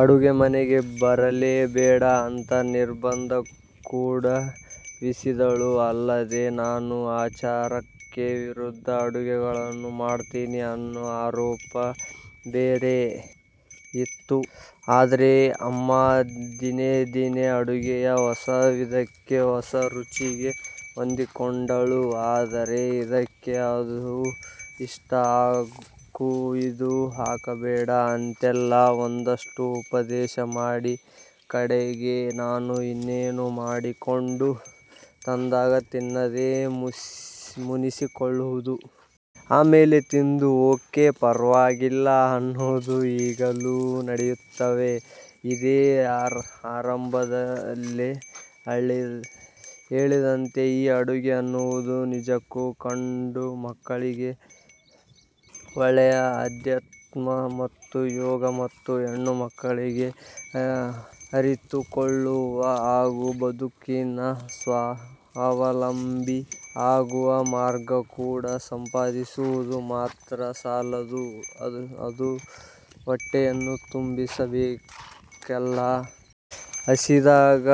ಅಡುಗೆ ಮನೆಗೆ ಬರಲೇ ಬೇಡ ಅಂತ ನಿರ್ಬಂಧ ಕೂಡ ವಿಸಿದ್ದಳು ಅಲ್ಲದೇ ನಾನು ಆಚಾರಕ್ಕೆ ವಿರುದ್ಧ ಅಡುಗೆಗಳನ್ನು ಮಾಡ್ತೀನಿ ಅನ್ನೋ ಆರೋಪ ಬೇರೆ ಇತ್ತು. ಆದ್ರೆ ಅಮ್ಮ ದಿನೇ ದಿನೇ ಅಡುಗೆಯ ಹೊಸ ವಿಧಕ್ಕೆ ಹೊಸರುಚಿಗೆ ಹೊಂದಿಕೊಂಡಳು. ಆದರೆ ಇದಕ್ಕೆ ಅದು ಇಷ್ಟು ಹಾಕು. ಇದು ಹಾಕಬೇಡ ಅಂತೆಲ್ಲಾ ಒಂದಷ್ಟು ಉಪದೇಶ ಮಾಡಿ ಕಡೆಗೆ ನಾನು ಇನ್ನೇನೋ ಮಾಡಿಕೊಂಡು ತಂದಾಗ ತಿನ್ನದೇ ಮುನಿಸಿಕೊಳ್ಳುವುದು. ಆಮೇಲೆ ತಿಂದು ಓಕೆ ಪರ್ವಾಗಿಲ್ಲ ಅನ್ನೋದು ಈಗಲೂ ನಡೆಯುತ್ತಲೇ ಇದೆ. ಆರಂಭದಲ್ಲೇ ಹೇಳಿದಂತೆ ಈ ಅಡುಗೆ ಅನ್ನುವುದು ನಿಜಕ್ಕೂ ಗಂಡು ಮಕ್ಕಳಿಗೆ ಒಳ್ಳೆಯ ಅಧ್ಯಾತ್ಮ ಮತ್ತು ಯೋಗ. ಅದು ಹೆಣ್ಣು ಮಕ್ಕಳನ್ನು ಅರಿತುಕೊಳ್ಳುವ ಹಾಗೂ ಬದುಕಿನಲ್ಲಿ ಸ್ವಾವಲಂಬಿ ಆಗುವ ಮಾರ್ಗ ಕೂಡ. ಸಂಪಾದಿಸುವುದು ಮಾತ್ರ ಸಾಲದು ಅದು ಹೊಟ್ಟೆಯನ್ನು ತುಂಬಿಸಬೇಕಲ್ಲ. ಹಸಿದಾಗ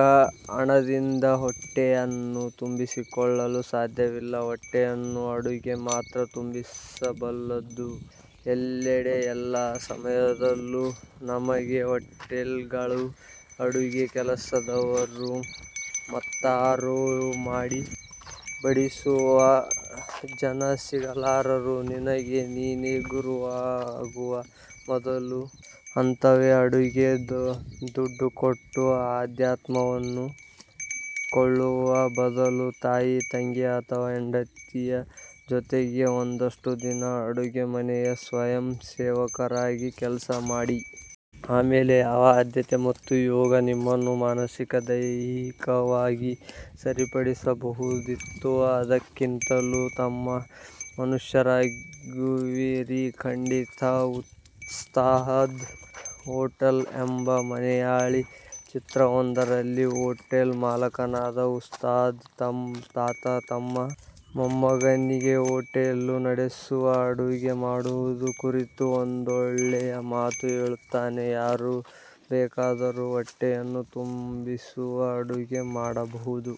ಹಣದಿಂದ ಹೊಟ್ಟೆಯನ್ನು ತುಂಬಿಸಿಕೊಳ್ಳಲು ಸಾಧ್ಯವಿಲ್ಲ. ಹೊಟ್ಟೆಯನ್ನು ಅಡುಗೆ ಮಾತ್ರ ತುಂಬಿಸಬಲ್ಲುದು. ಎಲ್ಲೆಡೆ ಎಲ್ಲಾ ಸಮಯದಲ್ಲೂ ನಮಗೆ ಹೊಟೇಲ್ಗಳು, ಅಡುಗೆ ಕೆಲಸದವರು ಮತ್ಯಾರೋ ಮಾಡಿ ಬಡಿಸುವ ಜನ ಸಿಗಲಾರರು. ನಿನಗೆ ನೀನೆ ಗುರುವಾಗುವ ಮೊದಲ ಹಂತವೇ ಅಡುಗೆ. ದುಡ್ಡುಕೊಟ್ಟು ಅಧ್ಯಾತ್ಮವನ್ನು ಕೊಳ್ಳುವ ಬದಲು ತಾಯಿ, ತಂಗಿ ಅಥವಾ ಹೆಂಡತಿಯ ಜೊತೆಗೆ ಒಂದಷ್ಟು ದಿನ ಅಡುಗೆ ಮನೆಯ ಸ್ವಯಂ ಸೇವಕರಾಗಿ ಕೆಲ್ಸ ಮಾಡಿ. ಆಮೇಲೆ ಯಾವ ಅಧ್ಯಾತ್ಮ ಮತ್ತು ಯೋಗ ನಿಮ್ಮನ್ನು ಮಾನಸಿಕ-ದೈಹಿಕವಾಗಿ ಸರಿಪಡಿಸಬಹುದಿತ್ತೋ ಅದಕ್ಕಿಂತಲೂ ಉತ್ತಮ ಮನುಷ್ಯರಾಗುವಿರಿ.. ಖಂಡಿತ. 'ಉಸ್ತಾದ್ ಹೊಟೇಲ್' ಎಂಬ ಮಲೆಯಾಳಿ ಚಿತ್ರವೊಂದರಲ್ಲಿ ಹೊಟೇಲ್ ಮಾಲಕನಾದ ಉಸ್ತಾದ್ ತಾತ ತಮ್ಮ ಮೊಮ್ಮಗನಿಗೆ ಹೊಟೇಲು ನಡೆಸುವ ಅಡುಗೆ ಮಾಡುವುದರ ಕುರಿತು ಒಂದೊಳ್ಳೆಯ ಮಾತು ಹೇಳುತ್ತಾನೆ 'ಯಾರು ಬೇಕಾದರೂ ಹೊಟ್ಟೆಯನ್ನು ತುಂಬಿಸುವ ಅಡುಗೆ ಮಾಡಬಹುದು.